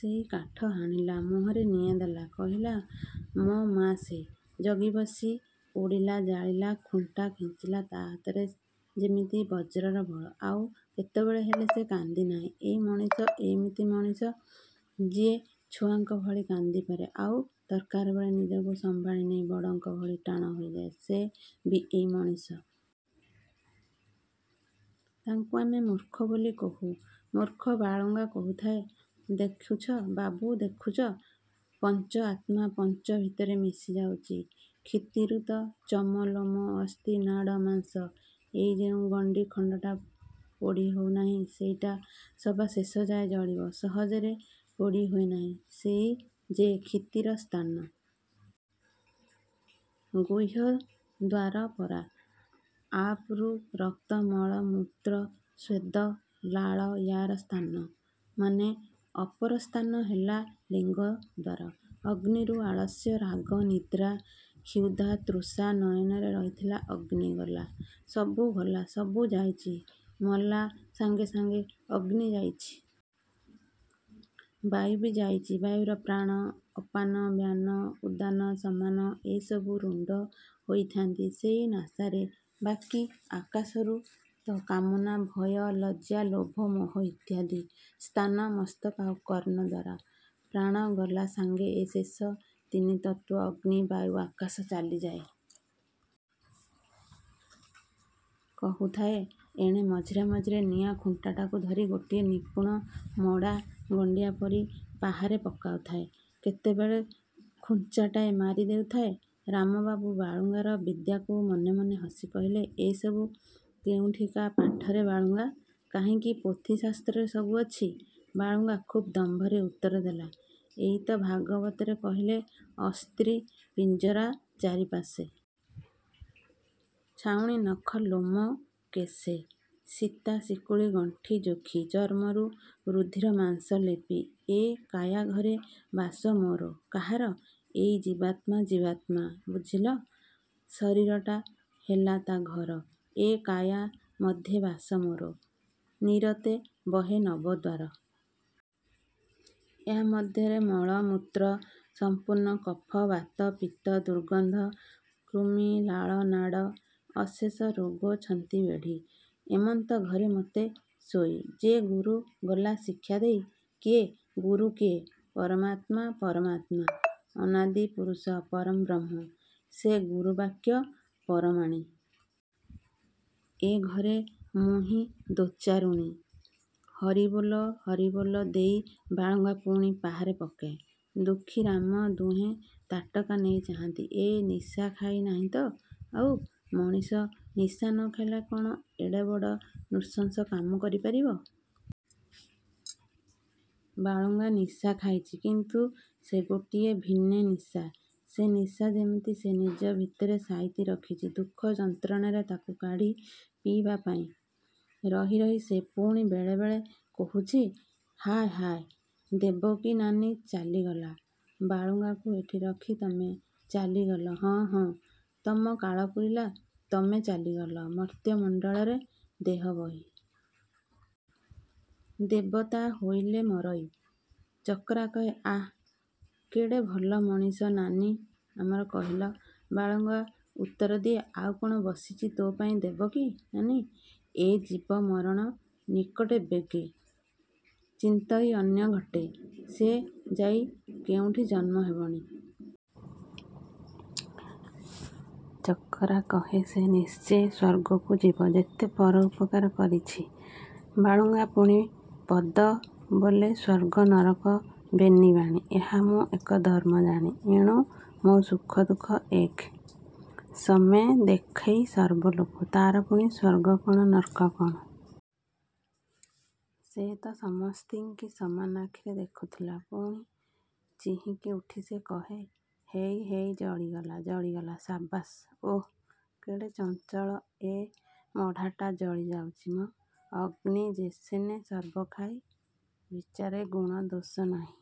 ସେଇ କାଠ ହାଣିଲା। ମୁହଁରେ ନିଆଁ ଦେଲା। କହିଲା ମୋ ମା ସେ। ଜଗିବସି ପୋଡ଼ିଲା ଜାଲିଲା ଖୁଣ୍ଟା ଖେଞ୍ଚିଲା। ତା' ହାତରେ ଯେମିତି ବଜ୍ରର ବଳ। ଆଉ କେତେବେଳେ ହେଲେ ସେ କାନ୍ଦି ନାହିଁ। ଏଇ ମଣିଷ। ଏଇମିତି ମଣିଷ। ଯିଏ ଛୁଆଙ୍କ ଭଳି କାନ୍ଦିପାରେ; ଆଉ ଦରକାରବେଳେ ନିଜକୁ ସମ୍ଭାଳି ନେଇ ବଡ଼ଙ୍କ ଭଳି ଟାଣ ହେଇଯାଏ ସେ ବି ଏଇ ମଣିଷ। ତାଙ୍କୁ ଆମେ ମୂର୍ଖ ବୋଲି କହୁ। ମୂର୍ଖ ବାଳୁଙ୍ଗା କହୁଥାଏ ''ଦେଖୁଛ ବାବୁ ଦେଖୁଛ ପଞ୍ଚ ଆତ୍ମା ପଞ୍ଚ ଭିତରେ ମିଶିଯାଉଚି। କ୍ଷିତିରୁ ତ ଚମ, ଲୋମ, ଅସ୍ଥି, ନାଡ଼, ମାଂସ। ଏଇ ଯେଉଁ ଗଣ୍ଡି ଖଣ୍ଡଟା ପୋଡ଼ି ହଉ ନାହିଁ ସେଇଟା ସବା ଶେଷଯାଏଁ ଜଳିବ ସହଜରେ ପୋଡ଼ି ହୁଏ ନାହିଁ ସେଇ ଯେ କ୍ଷିତିର ସ୍ଥାନ। ଗୁହ୍ୟ ଦ୍ୱାର ପରା! ଆପରୁ ରକ୍ତ, ମଳ, ମୂତ୍ର, ସ୍ୱେଦ, ଲାଳ ୟାର ସ୍ଥାନ, ମାନେ ଅପର ସ୍ଥାନ ହେଲା ଲିଙ୍ଗଦ୍ୱାର। ଅଗ୍ନିରୁ ଆଳସ୍ୟ, ରାଗ, ନିଦ୍ରା, କ୍ଷୁଧା, ତୃଷା ନୟନରେ ରହିଥିଲା ଅଗ୍ନି। ଗଲା । ସବୁ ଗଲା। ସବୁ ଯାଇଚି। ମଲା ସାଙ୍ଗେ ସାଙ୍ଗେ ଅଗ୍ନି ଯାଇଛି। ବାୟୁବି ଯାଇଚି । ବାୟୁରୁ ପ୍ରାଣ, ଅପାନ, ବ୍ୟାନ, ଉଦାନ ସମାନ ଏ ସବୁ ରୁଣ୍ଡ ହୋଇଥାନ୍ତି ସେଇ ନାସାରେ। ବାକି ଆକାଶରୁ ତ କାମନା, ଭୟ, ଲଜ୍ଜା, ଲୋଭ, ମୋହ ଇତ୍ୟାଦି–ସ୍ଥାନ ମସ୍ତକ ଆଉ କର୍ଣ୍ଣ ଦ୍ୱାର । ପ୍ରାଣ ଗଲା ସାଙ୍ଗେ ଏ ଶେଷ ତିନି ତତ୍ତ୍ୱ ଅଗ୍ନି ବାୟୁ ଆକାଶ ଚାଲିଯାଏ। କହୁଥାଏ, ଏଣେ ମଝିରେ ମଝିରେ ନିଆଁ ଖୁଣ୍ଟାଟାକୁ ଧରି ଗୋଟିଏ ନିପୁଣ ମଡ଼ା ଗଣ୍ଡିଆ ପରି ପାହାରେ ପକଉଥାଏ, କେତେବେଳେ ଖୁଞ୍ଚାଟାଏ ମାରି ଦେଉଥାଏ। ରାମବାବୁ ବାଳୁଙ୍ଗାର ବିଦ୍ୟାକୁ ମନେ ମନେ ହସି କହିଲେ ''ଏ ସବୁ କେଉଁଠିକା ପାଠରେ ବାଳୁଙ୍ଗା। '' ''କାହିଁକି ପୋଥି ଶାସ୍ତ୍ରରେ ସବୁ ଅଛି'' ବାଳୁଙ୍ଗା ଖୁବ୍ ଦମ୍ଭରେ ଉତ୍ତର ଦେଲା ଏଇ ତ ଭାଗବତରେ କହିଲା ଅସ୍ଥିପଞ୍ଜରା ଚାରିପାଶେ। ଛାଉଣୀ ନଖ ଲୋମ କେଶେ। ଶିତ୍ତା ଶିକୁଳି ଗଣ୍ଠି ଯୋଖି। ଚର୍ମ ରୁଧିର ମାଂସ ଲେପି। ଏ କାୟା ଘରେ ବାସ ମୋର ''କାହାର? ଏଇ ଜୀବାତ୍ମା ଜୀବାତ୍ମା। ବୁଝିଲ? ଶରୀରଟା। ହେଲା ତା'ର ଘର। ଏ କାୟା ମଧ୍ୟେ ବାସ ମୋର। ନିରତେ ବହେ ନବଦ୍ୱାର। ଏହା ମଧ୍ୟରେ ମଳ ମୂତ୍ର। ସମ୍ପୂର୍ଣ୍ଣ କଫ ବାତ ପିତ୍ତ। ଦୁର୍ଗନ୍ଧ କୃମି ଲାଳ ନାଡ଼। ଅଶେଷ ରୋଗେ ଛନ୍ତି ବେଢ଼ି। ଏମନ୍ତ ଘରେ ମୋତେ ଶୋଇ। ଯେ ଗୁରୁ ଗଲା ଶିକ୍ଷାଦେଇ। କିଏ? ଗୁରୁ କିଏ? ପରମାତ୍ମା, ପରମାତ୍ମା ଅନାଦିପୁରୁଷ ପରଂବ୍ରହ୍ମ! ''ସେ ଗୁରୁ ବାକ୍ୟ ପରମାଣି। ଏ ଘରେ ମୁହିଁ ଦୋଚାରୁଣୀ। ହରିବୋଲ! '' ହରିବୋଲ ଦେଇ ବାଳୁଙ୍ଗା ପୁଣି ପାହାରେ ପକାଏ। ଦୁଃଖୀ ରାମ ଦୁହେଁ ତାଟକା ହେଇ ଚାହାଁନ୍ତି। ଏ ନିଶା ଖାଇ ନାହିଁ ତ ଆଉ। ମଣିଷ ନିଶା ନ ଖାଇଲେ କ'ଣ ଏଡ଼େ ବଡ଼ ନୃଶଂସ କାମ କରି ପାରିବ? ବାଳୁଙ୍ଗା ନିଶା ଖାଇଛି। କିନ୍ତୁ ସେ ଗୋଟିଏ ଭିନେ ନିଶା। ସେ ନିଶା ଯେମିତି ସେ ନିଜ ଭିତରେ ସାଇତି ରଖିଚି ଦୁଃଖ ଯନ୍ତ୍ରଣାରେ ତାକୁ କାଢ଼ି ପିଇବାପାଇଁ। ରହି ରହି ସେ ପୁଣି ବେଳେବେଳେ କହୁଛି ''ହାୟ ହାୟ ଦେବକୀ ନାନୀ ଚାଲିଗଲ ବାଳୁଙ୍ଗାକୁ ଏଠି ରଖି ତମେ ଚାଲିଗଲ ହଁ ହଁ ତମ କାଳ ପୂରିଲା ତମେ ଚାଲିଗଲ ମର୍ତ୍ତ୍ୟମଣ୍ଡଳେ ଦେହବହି। ଦେବତା ହୋଇଲେ ମରଇ। ଚକରା କହେ ''ଆଃ କେଡ଼େ ଭଲ ମଣିଷ ନାନୀ ଆମର କହିଲ। '' ବାଳୁଙ୍ଗା ଉତ୍ତର ଦିଏ''ଆଉ କ'ଣ ବସିଚି ତୋପାଇଁ ଦେବକୀ ନାନୀ ଏ ଜୀବ ମରଣ ନିକଟେ ବେଗେ। ଚିନ୍ତଇ ଅନ୍ୟ ଘଟେ। ସେ ଯାଇ କେଉଁଠି ଜନ୍ମ ହେବଣି। '' ଚକରା କହେ ''ସେ ନିଶ୍ଚେ ସ୍ୱର୍ଗକୁ ଯିବ ଯେତେ ପର ଉପକାର କରିଛି। '' ବାଳୁଙ୍ଗା ପୁଣି ପଦ ବୋଲେ''ସ୍ୱର୍ଗ ନରକ ବେନିବାଣୀ। ଏହା ମୁଁ ଏକ ଧର୍ମ ଜାଣି। '' ଏଣୁ ମୋ ସୁଖ ଦୁଃଖ ଏକ। ସମେ ଦେଖଇ ସର୍ବଲୋକ। '' ''ତା'ର ପୁଣି ସ୍ୱର୍ଗ କ'ଣ ନର୍କ କ'ଣ। ସେ ତ ସମସ୍ତିଙ୍କି ସମାନ ଆଖିରେ ଦେଖୁଥିଲା। '' ପୁଣି ଚିହିଁକି ଉଠି ସେ କହେ ''ହେଇ ହେଇ ଜଳିଗଲା ଜଳିଗଲା ସାବାସ୍! ଓଃ କେଡ଼େ ଚଞ୍ଚଳ ଏ ମଢ଼ାଟା ଜଳି ଯାଉଚି ମ! ଅଗ୍ନି ଯେସନେ ସର୍ବ ଖାଇ। ବିଚାରେ ଗୁଣ ଦୋଷ ନାହିଁ।